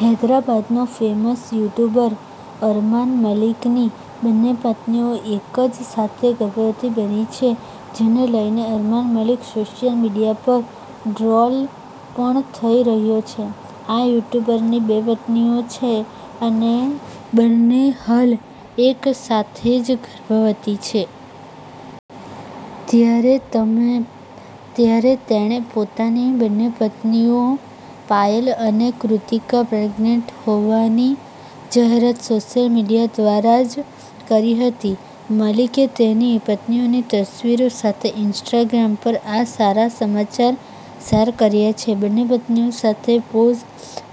હૈદરાબાદ નો famous YouTuber Armaan Malik ની બંને પત્નીઓ એક જ સાથે ગર્ભવતી બની છે. જેને લઈને અરમાન મલિક સોશિયલ મીડિયા પર ટ્રોલ પણ થઈ રહ્યો છે. આ યુટ્યુબરની બે પત્નીઓ છે અને બંને હાલ એક સાથે જ ગર્ભવતી છે. ત્યારે તેણે પોતાની બંને પત્નીઓ પાયલ અને કૃતિકા પ્રેગનેન્ટ હોવાની જાહેરાત સોશિયલ મીડિયા દ્વારા જ કરી હતી. મલિકે તેની પત્નીઓની તસવીરો સાથે ઈન્સ્ટાગ્રામ પર આ સારા સમાચાર શેર કર્યા છે. બંને પત્નીઓ સાથે પોઝ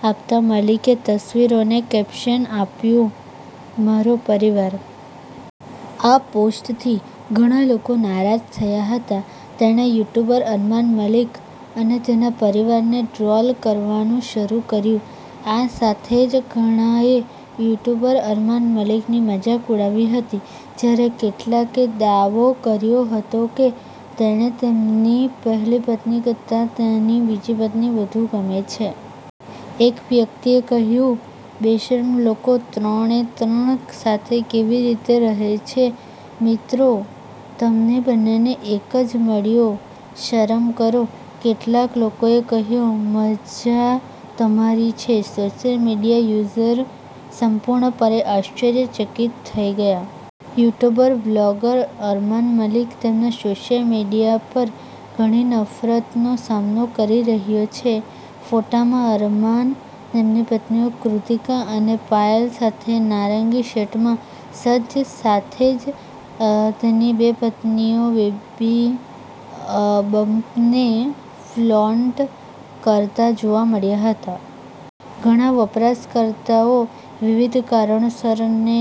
આપતાં, મલિકે તસવીરોને કેપ્શન આપ્યું, "મારો પરિવાર. " આ પોસ્ટથી ઘણા લોકો નારાજ થયા હતા. તેણે યુટ્યુબર અરમાન મલિક અને તેના પરિવારને ટ્રોલ કરવાનું શરૂ કર્યું. આ સાથે જ ઘણાએ યુટ્યુબર અરમાન મલિકની મજાક ઉડાવી હતી. જ્યારે કેટલાકે દાવો કર્યો હતો કે તેને તેની પહેલી પત્ની કરતાં તેની બીજી પત્ની વધુ ગમે છે. એક વ્યક્તિએ કહ્યું, 'બેશરમ લોકો ત્રણ એ ત્રણ સાથે કેવી રીતે રહે છે, મિત્રો? તમને બંનેને એક જ મળ્યો? શરમ કરો. ' કેટલાક લોકોએ કહ્યું, 'મજા તમારી છે. ' સોશિયલ મીડિયા યુઝર્સ સંપૂર્ણપણે આશ્ચર્યચકિત થઈ ગયા. યુટ્યુબ વ્લોગર અરમાન મલિક તેના સોશિયલ મીડિયા પર ઘણી નફરતનો સામનો કરી રહ્યો છે. ફોટામાં, અરમાન, તેની પત્નીઓ કૃતિકા અને પાયલ સાથે નારંગી શર્ટમાં સજ્જ, સાથે જ તેની બે પત્નીઓ બેબી બમ્પને ફ્લોન્ટ કરતા જોવા મળ્યા હતા. ઘણા વપરાશકર્તાઓ વિવિધ કારણોસર ને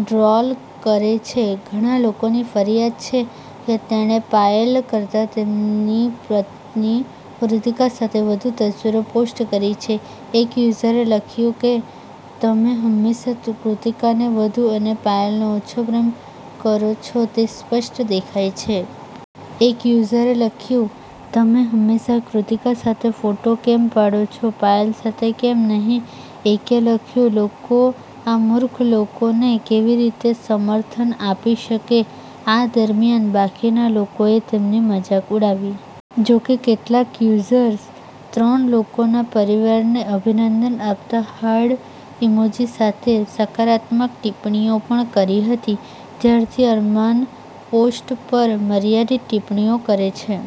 ટ્રોલ કરે છે. ઘણા લોકોની ફરિયાદ છે કે તેણે પાયલ કરતાં તેની પત્ની કૃતિકા સાથે વધુ તસવીરો પોસ્ટ કરી છે. એક યુઝરે લખ્યું કે, 'તમે હંમેશા કૃતિકાને વધુ અને પાયલને ઓછો પ્રેમ કરો છો, તે સ્પષ્ટ દેખાય છે. ' એક યુઝરે લખ્યું, 'તમે હંમેશા કૃતિકા સાથે ફોટો કેમ પાડો છો, પાયલ સાથે કેમ નહીં. ' એકે લખ્યું, 'લોકો આ મૂર્ખ લોકોને કેવી રીતે સમર્થન આપી શકે. ' આ દરમિયાન, બાકીના લોકોએ તેની મજાક ઉડાવી. જો કે, કેટલાક યુઝર્સે ત્રણ લોકોના પરિવારને અભિનંદન આપતા હાર્ટ ઇમોજી સાથે સકારાત્મક ટિપ્પણીઓ પણ કરી હતી. ત્યારથી અરમાન પોસ્ટ પર મર્યાદિત ટિપ્પણીઓ કરે છે.